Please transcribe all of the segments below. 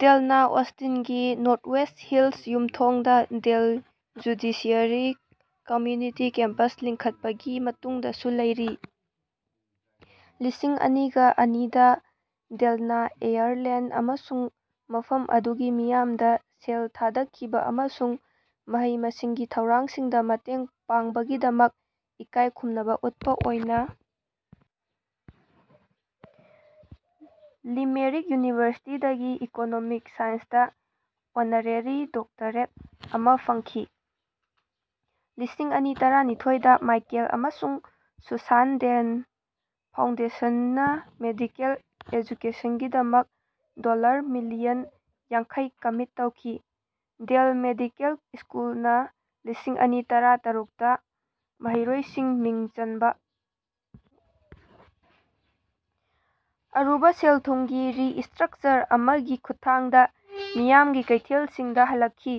ꯗꯦꯜꯅꯥ ꯑꯣꯁꯇꯤꯟꯒꯤ Northwest Hills ꯌꯨꯝꯊꯣꯡꯗꯥ Dell judiciary community campus ꯂꯤꯡꯈꯠꯄꯒꯤ ꯃꯇꯨꯡꯗꯁꯨ ꯂꯩꯔꯤ꯫ ꯂꯤꯁꯤꯡ ꯑꯅꯤꯒ ꯑꯅꯤꯗꯥ ꯗꯦꯜꯅꯥ ꯑꯥꯌꯔꯂꯦꯟꯗ ꯑꯃꯁꯨꯡ ꯃꯐꯝ ꯑꯗꯨꯒꯤ ꯃꯤꯌꯥꯝꯗꯥ ꯁꯦꯜ ꯊꯥꯗꯈꯤꯕꯥ ꯑꯃꯁꯨꯡ ꯃꯍꯩ ꯃꯁꯤꯡꯒꯤ ꯊꯧꯔꯥꯡꯁꯤꯡꯗꯥ ꯃꯇꯦꯡ ꯄꯥꯡꯕꯒꯤꯗꯃꯛ ꯏꯀꯥꯏ ꯈꯨꯝꯅꯕꯥ ꯎꯠꯄꯥ ꯑꯣꯏꯅꯥ ꯂꯤꯃꯦꯔꯤꯛ ꯌꯨꯅꯤꯚꯔꯁꯤꯇꯤꯗꯒꯤ ꯏꯀꯣꯅꯣꯃꯤꯛ ꯁꯥꯏꯟꯁꯇꯥ ꯑꯣꯅꯔꯦꯔꯤ ꯗꯣꯛꯇꯔꯦꯠ ꯑꯃꯥ ꯐꯪꯈꯤ꯫ ꯂꯤꯁꯤꯡ ꯑꯅꯤ ꯇꯔꯥꯅꯤꯊꯣꯏꯗ ꯃꯥꯏꯀꯦꯜ ꯑꯃꯁꯨꯡ ꯁꯨꯁꯥꯟ ꯗꯦꯜ ꯐꯥꯎꯟꯗꯦꯁꯟꯅꯥ ꯃꯦꯗꯤꯀꯦꯜ ꯑꯦꯖꯨꯀꯦꯁꯟꯒꯤꯗꯃꯛ ꯗꯣꯜꯂꯔ ꯃꯤꯂꯤꯌꯟ ꯌꯥꯡꯈꯩ ꯀꯃꯤꯠ ꯇꯧꯈꯤ꯫ ꯗꯦꯜ ꯃꯦꯗꯤꯀꯦꯜ ꯁ꯭ꯀꯨꯜꯅꯥ ꯂꯤꯁꯤꯡ ꯑꯅꯤ ꯇꯔꯥ ꯇꯔꯨꯛꯇ ꯃꯍꯩꯔꯣꯏꯁꯤꯡ ꯃꯤꯡ ꯆꯟꯕꯥ ꯑꯔꯨꯕꯥ ꯁꯦꯜ ꯊꯨꯝꯒꯤ ꯔꯤꯁ꯭ꯇꯔꯛꯆꯔ ꯑꯃꯒꯤ ꯈꯨꯠꯊꯥꯡꯗꯥ ꯃꯤꯌꯥꯝꯒꯤ ꯀꯩꯊꯦꯜꯁꯤꯡꯗꯥ ꯍꯜꯂꯛꯈꯤ꯫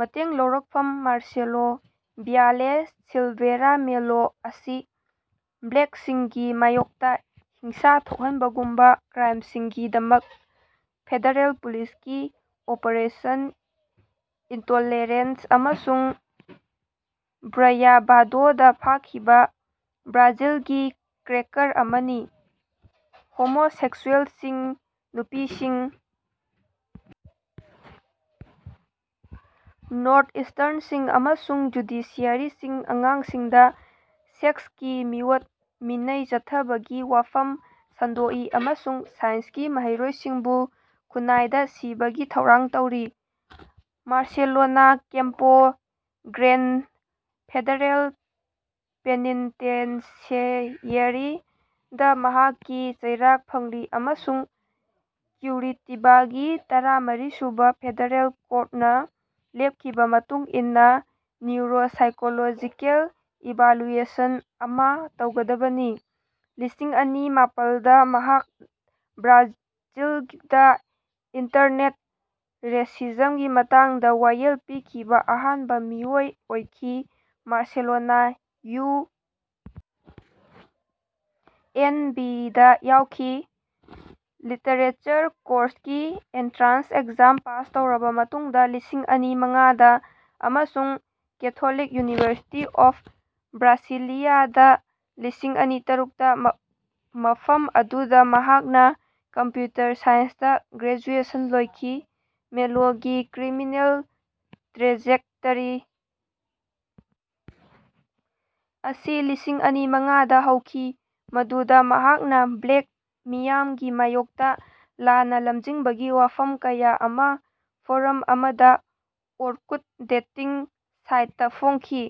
ꯃꯇꯦꯡ ꯂꯧꯔꯛꯐꯝ ꯃꯥꯔꯁꯦꯂꯣ ꯚ꯭ꯌꯥꯂꯦ ꯁꯤꯂꯚꯦꯔꯥ ꯃꯦꯂꯣ ꯑꯁꯤ ꯕ꯭ꯂꯦꯛꯁꯤꯡꯒꯤ ꯃꯥꯌꯣꯛꯇꯥ ꯍꯤꯡꯁꯥ ꯊꯣꯛꯍꯟꯕꯒꯨꯝꯕꯥ ꯀ꯭ꯔꯥꯏꯝꯁꯤꯡꯒꯤꯗꯃꯛ ꯐꯦꯗꯔꯦꯜ ꯄꯨꯂꯤꯁꯀꯤ ꯑꯣꯄꯔꯦꯁꯟ ꯏꯟꯇꯣꯂꯦꯔꯦꯟꯁ ꯑꯃꯁꯨꯡ ꯕ꯭ꯔꯌꯥꯚꯥꯗꯣꯗꯥ ꯐꯥꯈꯤꯕꯥ ꯕ꯭ꯔꯥꯖꯤꯜꯒꯤ ꯀ꯭ꯔꯦꯀꯔ ꯑꯃꯅꯤ ꯍꯣꯃꯣꯁꯦꯛꯁꯨꯑꯦꯜꯁꯤꯡ ꯅꯨꯄꯤꯁꯤꯡ ꯅꯣꯔꯊ ꯏꯁ꯭ꯇꯔꯟꯁꯤꯡ ꯑꯃꯁꯨꯡ ꯖꯨꯗꯤꯁꯤꯌꯔꯤꯁꯤꯡ ꯑꯉꯥꯡꯁꯤꯡꯗꯥ ꯁꯦꯛꯁꯀꯤ ꯃꯤꯑꯣꯠ ꯃꯤꯅꯩ ꯆꯠꯊꯕꯒꯤ ꯋꯥꯐꯝ ꯁꯟꯗꯣꯛꯏ ꯑꯃꯁꯨꯡ ꯁꯥꯏꯟꯁꯀꯤ ꯃꯍꯩꯔꯣꯏꯁꯤꯡꯕꯨ ꯈꯨꯅꯥꯏꯗꯥ ꯁꯤꯕꯒꯤ ꯊꯧꯔꯥꯡ ꯇꯧꯔꯤ꯫ ꯃꯥꯔꯁꯦꯂꯣꯅꯥ ꯀꯦꯝꯄꯣ ꯒ꯭ꯔꯦꯟꯗ ꯐꯦꯗꯔꯦꯜ ꯄꯦꯅꯤꯟꯇꯦꯟꯁꯤꯑꯦꯔꯤꯗꯥ ꯃꯍꯥꯛꯀꯤ ꯆꯩꯔꯥꯛ ꯐꯪꯂꯤ ꯑꯃꯁꯨꯡ ꯀ꯭ꯌꯨꯔꯤꯇꯤꯕꯥꯒꯤ ꯇꯔꯥꯃꯔꯤ ꯁꯨꯕꯥ ꯐꯦꯗꯔꯦꯜ ꯀꯣꯔꯠꯅꯥ ꯂꯦꯞꯈꯤꯕꯥ ꯃꯇꯨꯡ ꯏꯟꯅꯥ ꯅ꯭ꯌꯨꯔꯣꯁꯥꯏꯀꯣꯂꯣꯖꯤꯀꯦꯜ ꯏꯚꯥꯂꯨꯑꯦꯁꯟ ꯑꯃꯥ ꯇꯧꯒꯗꯕꯅꯤ꯫ ꯂꯤꯁꯤꯡ ꯑꯅꯤ ꯃꯥꯄꯟꯗꯥ ꯃꯍꯥꯛ ꯕ꯭ꯔꯥꯖꯤꯜꯗꯥ ꯏꯟꯇꯔꯅꯦꯠ ꯔꯦꯁꯤꯖꯝꯒꯤ ꯃꯇꯥꯡꯗꯥ ꯋꯥꯌꯦꯜ ꯄꯤꯈꯤꯕꯥ ꯑꯍꯥꯟꯕꯥ ꯃꯤꯑꯣꯏ ꯑꯣꯏꯈꯤ ꯃꯥꯔꯁꯦꯂꯣꯅꯥ ꯌꯨ. ꯑꯦꯟ. ꯕꯤ. ꯗꯥ ꯌꯥꯎꯈꯤ ꯂꯤꯇꯔꯦꯆꯔ ꯀꯣꯔꯁꯀꯤ ꯑꯦꯟꯇ꯭ꯔꯥꯟꯁ ꯑꯦꯛꯖꯥꯝ ꯄꯥꯁ ꯇꯧꯔꯕꯥ ꯃꯇꯨꯡꯗꯥ ꯂꯤꯁꯤꯡ ꯑꯅꯤ ꯃꯉꯥꯗꯥ ꯑꯃꯁꯨꯡ ꯀꯦꯊꯣꯂꯤꯛ ꯌꯨꯅꯤꯚꯔꯁꯤꯇꯤ ꯑꯣꯐ ꯕ꯭ꯔꯥꯁꯤꯂꯤꯌꯥ ꯗꯥ ꯂꯤꯁꯤꯡ ꯑꯅꯤ ꯇꯔꯨꯛꯇ ꯃꯐꯝ ꯑꯗꯨꯗꯥ ꯃꯍꯥꯛꯅꯥ ꯀꯝꯄ꯭ꯌꯨꯇꯔ ꯁꯥꯏꯟꯁꯇꯥ ꯒ꯭ꯔꯦꯖꯨꯑꯦꯁꯟ ꯂꯣꯏꯈꯤ꯫ ꯃꯦꯂꯣꯒꯤ ꯀ꯭ꯔꯤꯃꯤꯅꯦꯜ ꯇ꯭ꯔꯦꯖꯦꯛꯇꯔꯤ ꯑꯁꯤ ꯂꯤꯁꯤꯡ ꯑꯅꯤ ꯃꯉꯥꯗꯥ ꯍꯧꯈꯤ ꯃꯗꯨꯗꯥ ꯃꯍꯥꯛꯅꯥ ꯕ꯭ꯂꯦꯛ ꯃꯤꯌꯥꯝꯒꯤ ꯃꯥꯌꯣꯛꯇꯥ ꯂꯥꯟꯅꯥ ꯂꯝꯖꯤꯡꯕꯒꯤ ꯋꯥꯐꯝ ꯀꯌꯥ ꯑꯃꯥ ꯐꯣꯔꯝ ꯑꯃꯗꯥ ꯑꯣꯔꯀꯨꯠ ꯗꯦꯇꯤꯡ ꯁꯥꯏꯠꯇꯥ ꯐꯣꯡꯈꯤ꯫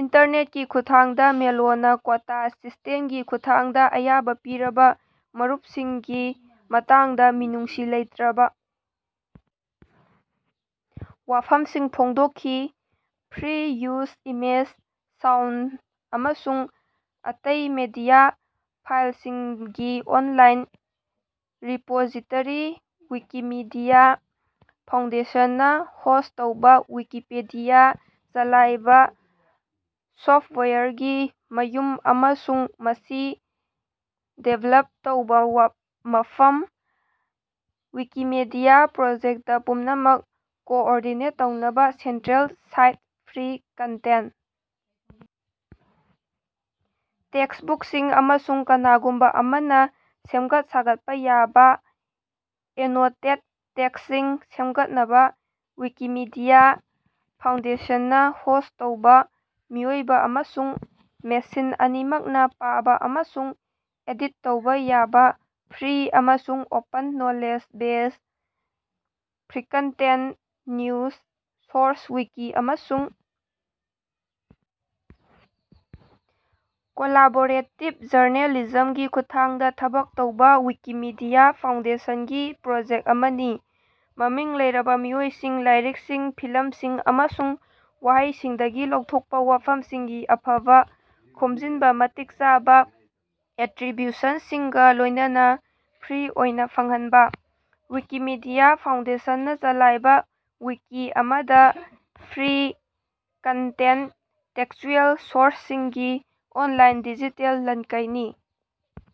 ꯏꯟꯇꯔꯅꯦꯠꯀꯤ ꯈꯨꯠꯊꯥꯡꯗꯥ ꯃꯦꯂꯣꯅꯥ ꯀꯣꯇꯥ ꯁꯤꯁ꯭ꯇꯦꯝꯒꯤ ꯈꯨꯠꯊꯥꯡꯗꯥ ꯑꯌꯥꯕꯥ ꯄꯤꯔꯕꯥ ꯃꯔꯨꯞꯁꯤꯡꯒꯤ ꯃꯇꯥꯡꯗꯥ ꯃꯤꯅꯨꯡꯁꯤ ꯂꯩꯇ꯭ꯔꯕꯥ ꯋꯥꯐꯝꯁꯤꯡ ꯐꯣꯡꯗꯣꯛꯈꯤ꯫ ꯐ꯭ꯔꯤ-ꯌꯨꯖ ꯏꯃꯦꯖ ꯁꯥꯎꯟꯗ ꯑꯃꯁꯨꯡ ꯑꯇꯩ ꯃꯤꯗꯤꯌꯥ ꯐꯥꯏꯜꯁꯤꯡꯒꯤ ꯑꯣꯟꯂꯥꯏꯟ ꯔꯤꯄꯣꯖꯤꯇꯔꯤ, ꯋꯤꯀꯤꯃꯤꯗꯤꯌꯥ ꯐꯥꯎꯟꯗꯦꯁꯟꯅꯥ ꯍꯣꯁ꯭ꯠ ꯇꯧꯕ ꯋꯤꯀꯤꯄꯤꯗꯤꯌꯥ ꯆꯂꯥꯏꯕꯥ ꯁꯣꯐꯇꯋꯥꯌꯔꯒꯤ ꯃꯌꯨꯝ ꯑꯃꯁꯨꯡ ꯃꯁꯤ ꯗꯤꯚꯦꯂꯞ ꯇꯧꯕꯥ ꯃꯐꯝ꯫ ꯋꯤꯀꯤꯃꯤꯗꯤꯌꯥ ꯄ꯭ꯔꯣꯖꯦꯛꯇ ꯄꯨꯝꯅꯃꯛ ꯀꯣꯑꯣꯔꯗꯤꯅꯦꯠ ꯇꯧꯅꯕꯥ ꯁꯦꯟꯇ꯭ꯔꯦꯜ ꯁꯥꯏꯠ ꯐ꯭ꯔꯤ ꯀꯟꯇꯦꯟꯠ ꯇꯦꯛꯁꯕꯨꯛꯁꯤꯡ ꯑꯃꯁꯨꯡ ꯀꯅꯥꯒꯨꯝꯕꯥ ꯑꯃꯅꯥ ꯁꯦꯝꯒꯠ ꯁꯥꯒꯠꯄ ꯌꯥꯕꯥ ꯑꯦꯅꯣꯇꯦꯗ ꯇꯦꯛꯁꯁꯤꯡ ꯁꯦꯝꯒꯠꯅꯕꯥ ꯋꯤꯀꯤꯃꯤꯗꯤꯌꯥ ꯐꯥꯎꯟꯗꯦꯁꯟꯅꯥ ꯍꯣꯁ꯭ꯠ ꯇꯧꯕꯥ ꯃꯤꯑꯣꯏꯕꯥ ꯑꯃꯁꯨꯡ ꯃꯦꯁꯤꯟ ꯑꯅꯤꯃꯛꯅꯥ ꯄꯥꯕꯥ ꯑꯃꯁꯨꯡ ꯑꯦꯗꯤꯠ ꯇꯧꯕꯥ ꯌꯥꯕꯥ ꯐ꯭ꯔꯤ ꯑꯃꯁꯨꯡ open knowledge base. Free content news source wiki ꯑꯃꯁꯨꯡ ꯀꯣꯂꯥꯕꯣꯔꯦꯇꯤꯕ ꯖꯔꯅꯦꯂꯤꯖꯝꯒꯤ ꯈꯨꯠꯊꯥꯡꯗꯥ ꯊꯕꯛ ꯇꯧꯕꯥ ꯋꯤꯀꯤꯃꯤꯗꯤꯌꯥ ꯐꯥꯎꯟꯗꯦꯁꯟꯒꯤ ꯄ꯭ꯔꯣꯖꯦꯛ ꯑꯃꯅꯤ꯫ ꯃꯃꯤꯡ ꯂꯩꯔꯕ ꯃꯤꯑꯣꯏꯁꯤꯡ ꯂꯥꯏꯔꯤꯛꯁꯤꯡ ꯐꯤꯂꯝꯁꯤꯡ ꯑꯃꯁꯨꯡ ꯋꯥꯍꯩꯁꯤꯡꯗꯒꯤ ꯂꯧꯊꯣꯛꯄꯥ ꯋꯥꯐꯝꯁꯤꯡꯒꯤ ꯑꯐꯕ ꯈꯣꯝꯖꯤꯟꯕ ꯃꯇꯤꯛ ꯆꯥꯕꯥ ꯑꯦꯇ꯭ꯔꯤꯕ꯭ꯌꯨꯁꯟꯁꯤꯡꯒꯥ ꯂꯣꯏꯅꯅꯥ ꯐ꯭ꯔꯤ ꯑꯣꯏꯅꯥ ꯐꯪꯍꯟꯕꯥ꯫ ꯋꯤꯀꯤꯃꯤꯗꯤꯌꯥ ꯐꯥꯎꯟꯗꯦꯁꯟꯅꯥ ꯆꯂꯥꯏꯕꯥ ꯋꯤꯀꯤ ꯑꯃꯗꯥ ꯐ꯭ꯔꯤ ꯀꯟꯇꯦꯟ ꯇꯦꯛꯆꯨꯑꯦꯜ ꯁꯣꯔꯁꯁꯤꯡꯒꯤ ꯑꯣꯟꯂꯥꯏꯟ ꯗꯤꯖꯤꯇꯦꯜ ꯂꯟꯀꯩꯅꯤ꯫